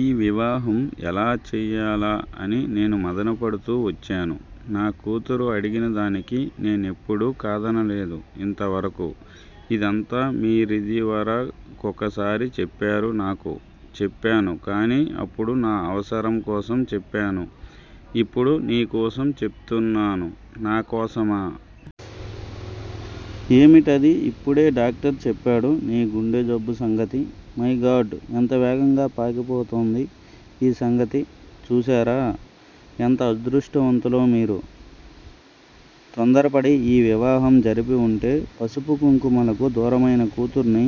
ఈ వివాహం ఎలా చెయ్యాలా అని నేను మధనపడుతూ వచ్చాను. నా కూతురు అడిగిన దానికి నేనెప్పుడూ కాదనలేదు ఇంతవరకూ. ఇదంతా మీరిదివర కొకసారి చెప్పారు నాకు. చెప్పాను కానీ అప్పుడు నా అవసరం కోసం చెప్పాను. ఇప్పుడు నీ కోసం చెపుతున్నాను. నా కోసమా? ఏమిటది? ఇప్పుడే డాక్టర్ చెప్పాడు నీ గుండెజబ్బు సంగతి. మైగాడ్- ఎంత వేగంగా పాకిపోతోంది ఈ సంగతి. చూసేరా ఎంత అదృష్టవంతులో మీరు. తొందరపడి ఈ వివాహం జరిపివుంటే పసుపు కుంకుమలకు దూరమైన కూతుర్ని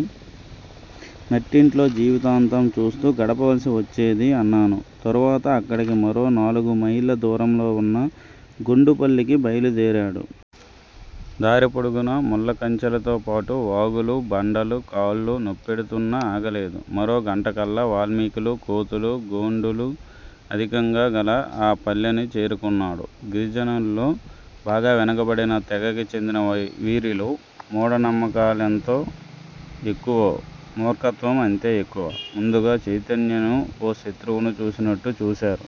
నట్టింట్లో జీవితాంతం చూస్తూ గడపవలసి వచ్చేది అన్నాను. తర్వాత అక్కడికి మరోనాలుగుమైళ్ళ దూరంలో వున్న గొండుపల్లికి బయలుదేరాడు. దారిపొడుగునా ముళ్ళకంచెలతోపాటు వాగులు, బండలు, కాళ్ళు నొప్పెడుతున్నా ఆగలేదు. మరో గంటకల్లా వాల్మీకులు, కోతులు, గోండులు అధికంగా గల ఆ పల్లెని చేరుకున్నాడు. గిరిజనుల్లో బాగా వెనుకబడిన తెగకి చెందిన వీరిలో మూఢనమ్మకాలెంత ఎక్కువో, మూర్ఖత్వమూ అంతే ఎక్కువ. ముందుగా చైతన్యను ఓ శత్రువును చూసినట్టు చూశారు.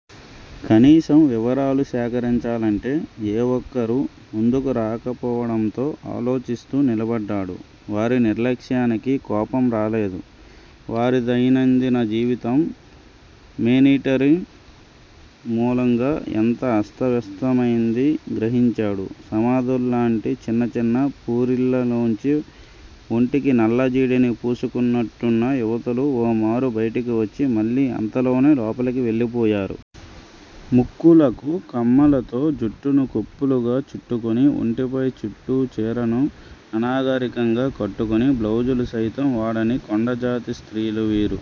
కనీసం వివరాలు సేకరించాలంటే ఏ ఒక్కరూ ముందుకు రాకపోవడంతో ఆలోచిస్తూ నిలబడ్డాడు. వారి నిర్లక్ష్యానికి కోపం రాలేదు. వారి దైనందిన జీవితం మేనీటర్ మూలంగా ఎంత అస్తవ్యస్తమైందీ గ్రహించాడు. సమాధుల్లాంటి చిన్న చిన్న పూరిళ్ళలోంచి ఒంటికి నల్లజీడిని పూసుకున్నట్టున్న యువతులు ఓమారు బయటికి వచ్చి, మళ్ళీ అంతలోనే లోపలికి వెళ్ళిపోయారు. ముక్కులకు కమ్మలతో, జుట్టును కొప్పులుగా చుట్టుకుని, ఒంటిపై చుట్టూ చీరను అనాగరికంగా కట్టుకుని, బ్లౌజులు సైతం వాడని కొండజాతి స్త్రీలు వీరు.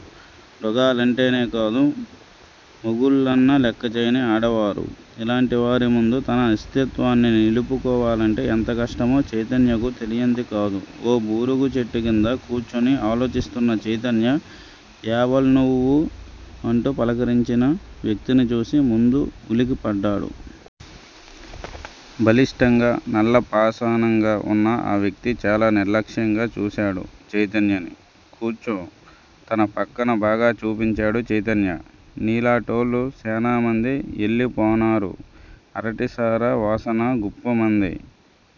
మృగాలంటేనే కాదు; మొగుళ్ళన్నా లెక్కచేయని ఆడవారు. ఇలాంటి వారి ముందు తన అస్తిత్వాన్ని నిలుపుకోవాలంటే ఎంత కష్టమో చైతన్యకు తెలియందికాదు. ఓ బూరుగు చెట్టు క్రింద కూచుని ఆలోచిస్తున్న చైతన్య యేవల్నువ్వు అంటూ పలకరించిన వ్యక్తిని చూసి ముందు ఉలికి పడ్డాడు. బలిష్టంగా, నల్లపాషాణంగా వున్న ఆ వ్యక్తి చాలా నిర్లక్ష్యంగా చూశాడు చైతన్యని. కూర్చో తన పక్కన బాగా చూపించాడు చైతన్య. నీలాటోలు సేనామంది యెల్లిపోనారూ అరటి సారా వాసన గుప్పుమంది.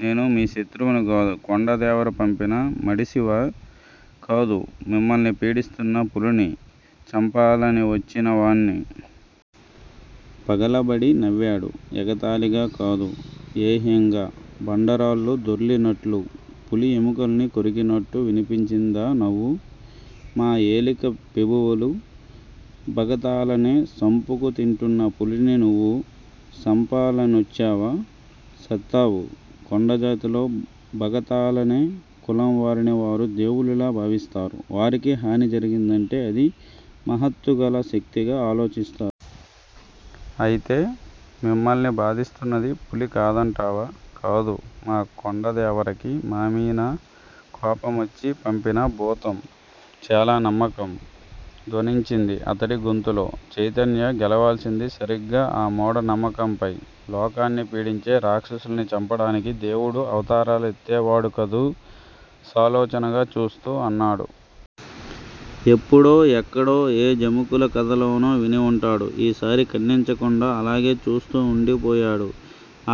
నేను మీ శత్రువుని కాదు. కొండదేవర పంపిన మడిసివా? కాదు. మిమ్మల్ని పీడిస్తున్న పులిని చంపాలనివచ్చినవాణ్ని. పగలబడి నవ్వాడు. ఎగతాళిగా కాదు_ఏహ్యంగా, బండరాళ్ళు దొర్లినట్లు. పులి ఎముకల్ని కొరికినట్టు వినిపించిందా నవ్వు. మా ఏలిక పెబువులు బగతాలనే సంపుకుతింటున్న పులిని నువ్వు సంపాలనొచ్చావా సత్తావు. కొండజాతిలో బగతాలనే కులం వారిని వారు దేవుళ్ళలా భావిస్తారు! వారికే హాని జరిగిందంటే అది మహత్తుగల శక్తిగా ఆలోచిస్తారు. అయితే, మిమ్మల్ని బాధిస్తున్నది పులి కాదంటావా? కాదు, మా కొండదేవరకి మామీన కోపమొచ్చి పంపిన భూతం చాలా నమ్మకం ధ్వనించింది అతడి గొంతులో. చైతన్య గెలవాల్సింది సరిగ్గా ఆ మూఢనమ్మకంపై. లోకాన్ని పీడించే రాక్షసుల్ని చంపడానికి దేవుడు అవతారాలెత్తే వాడు కదూ! సాలోచనగా చూస్తూ అన్నాడు. ఎప్పుడో, ఎక్కడో ఏ జముకుల కథలోనో విని వుంటాడు. ఈసారి ఖండించకుండా అలాగే చూస్తూ ఉండిపోయాడు.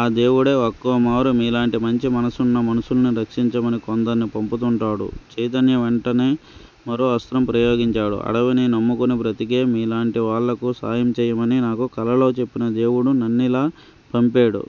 ఆ దేవుడే ఒక్కోమారు మీలాంటి మంచి మనసున్న మనుషుల్ని రక్షించమని కొందర్ని పంపుతుంటాడు చైతన్య వెంటనే మరో అస్త్రం ప్రయోగించాడు, అడవిని నమ్ముకుని బ్రతికే మీలాంటి వాళ్ళకు సాయం చెయ్యమని నాకు కలలో చెప్పిన దేవుడు నన్నిలా పంపేడు.